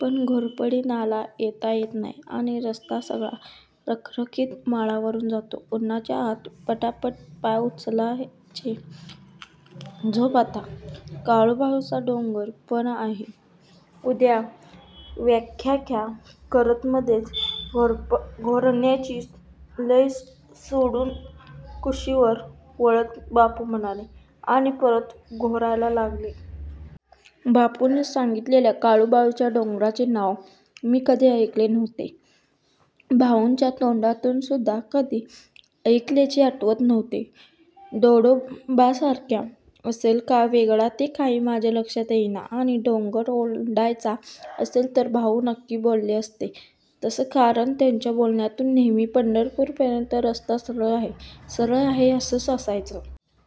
पण घोरपडी नाला येता येत नाही आणि रस्ता सगळा रखरखीत माळावरुन जातो. उन्हाच्या आत पटापट पाय उचलायचे. झोप आता. काळूबाळूचा डोंगर पण आहे उद्या ख्याख्याख्या करत मध्येच घोरण्याची लय सोडून कुशीवर वळत बापू म्हणाले आणि परत घोरायला लागले. बापूंनी सांगितलेल्या काळूबाळूच्या डोंगराचे नाव मी कधी ऐकले नव्हते. भाउंच्या तोंडून सुद्धा कधी ऐकल्याचे आठवत नव्हते. दंडोबासारखा असेल का वेगळा ते काही माझ्या लक्षात येईना आणि डोंगर ओलांडायचा असेल तर भाऊ नक्की बोलले असते तसं कारण त्यांच्या बोलण्यातून नेहेमी पंढरपूरपर्यंत रस्ता सरळ आहे, सरळ आहे असच असायचं.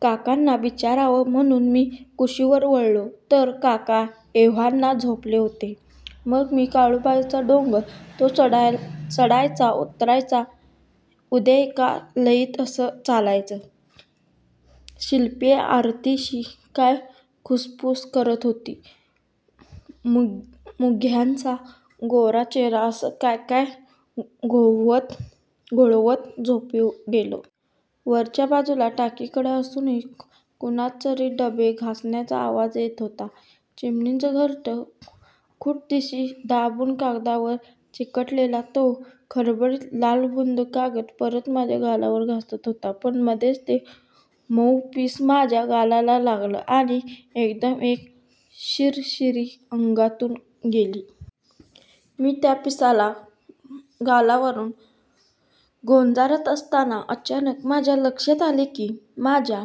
काकांना विचारावं म्हणुन मी कुशीवर वळलो तर काका एव्हाना झोपले होते. मग मी काळूबाळूचा डोंगर, तो चढायचा-उतरायचा, उद्या एका लयीत कसं चालायचं, शिल्पी आरतीशी काय खुसफुस करत होती, मुग्धाचा गोरा चेहरा असं काय काय घोळवत झोपी गेलो. वरच्या बाजूला टाकीकडं अजूनही कुणाचातरी डबे घासण्याचा आवाज येत होता. चिमणीचं घरटं फट्टदिशी दाबून कागदावर चिकटवलेला तो खरबरीत लालबुंद कागद परत माझ्या गालावर घासत होता. पण मधेच ते मउ पीस माझ्या गालाला लागलं आणि एकदम एक शिरशिरी अंगातून गेली. मी त्या पिसाला गालावरुन गोंजारत असताना अचानक माझ्या लक्षात आलं की माझ्या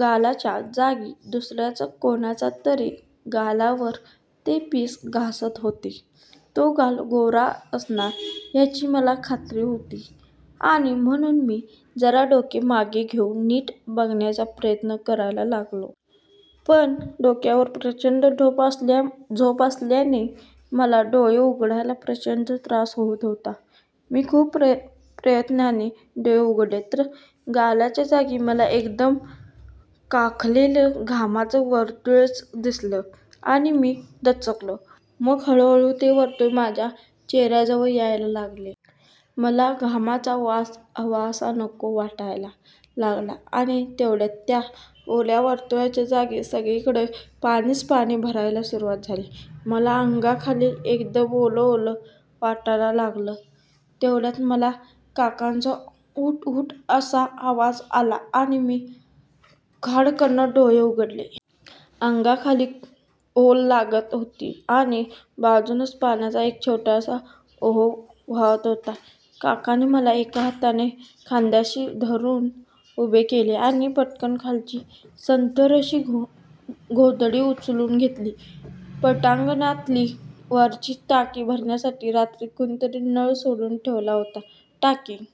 गालाच्या जागी दुसर्याच कुणाचा तरी गालावर ते पीस घासत होतं. तो गाल गोरा असणार ह्याची मला खात्री होती आणि म्हणुन मी जरा डोकं मागे घेउन नीट बघायचा प्रयत्न करायला लागलो. पण डोळ्यावर प्रचंड झोप असल्यानं मला डोळे उघडायला प्रचंड त्रास होत होता. मी खूप प्रयत्नाने डोळे उघडले तर गालाच्या जागी मला एकदम काखेतलं घामाचं वर्तुळच दिसलं आणि मी दचकलो. मग हळुहळु ते वर्तुळ माझ्या चेहर्याजवळ यायला लागले. मला घामाचा वास हवासा-नकोसा वाटायला लागला आणि तेव्हड्यात त्या ओल्या वर्तुळाच्या जागी सगळीकडे पाणीच पाणी भरायला सुरुवात झाली. मला अंगाखाली एकदम ओलं ओलं वाटायला लागलं. तेव्हड्यात मला काकांचा उठ उठ असा आवाज आला आणि मी खाडकन् डोळे उघडले. अंगाखाली ओल लागत होती आणि बाजूनच पाण्याचा एक छोटासा ओहळ वाहत होता. काकांनी मला एका हाताने खांद्याशी धरुन उभे केले आणि पटकन खालची सतरंजी-गोधडी उचलून घेतली. पटांगणातली वरची टाकी भरण्यासाठी रात्री कुणीतरी नळ सोडून ठेवला होता. टाकी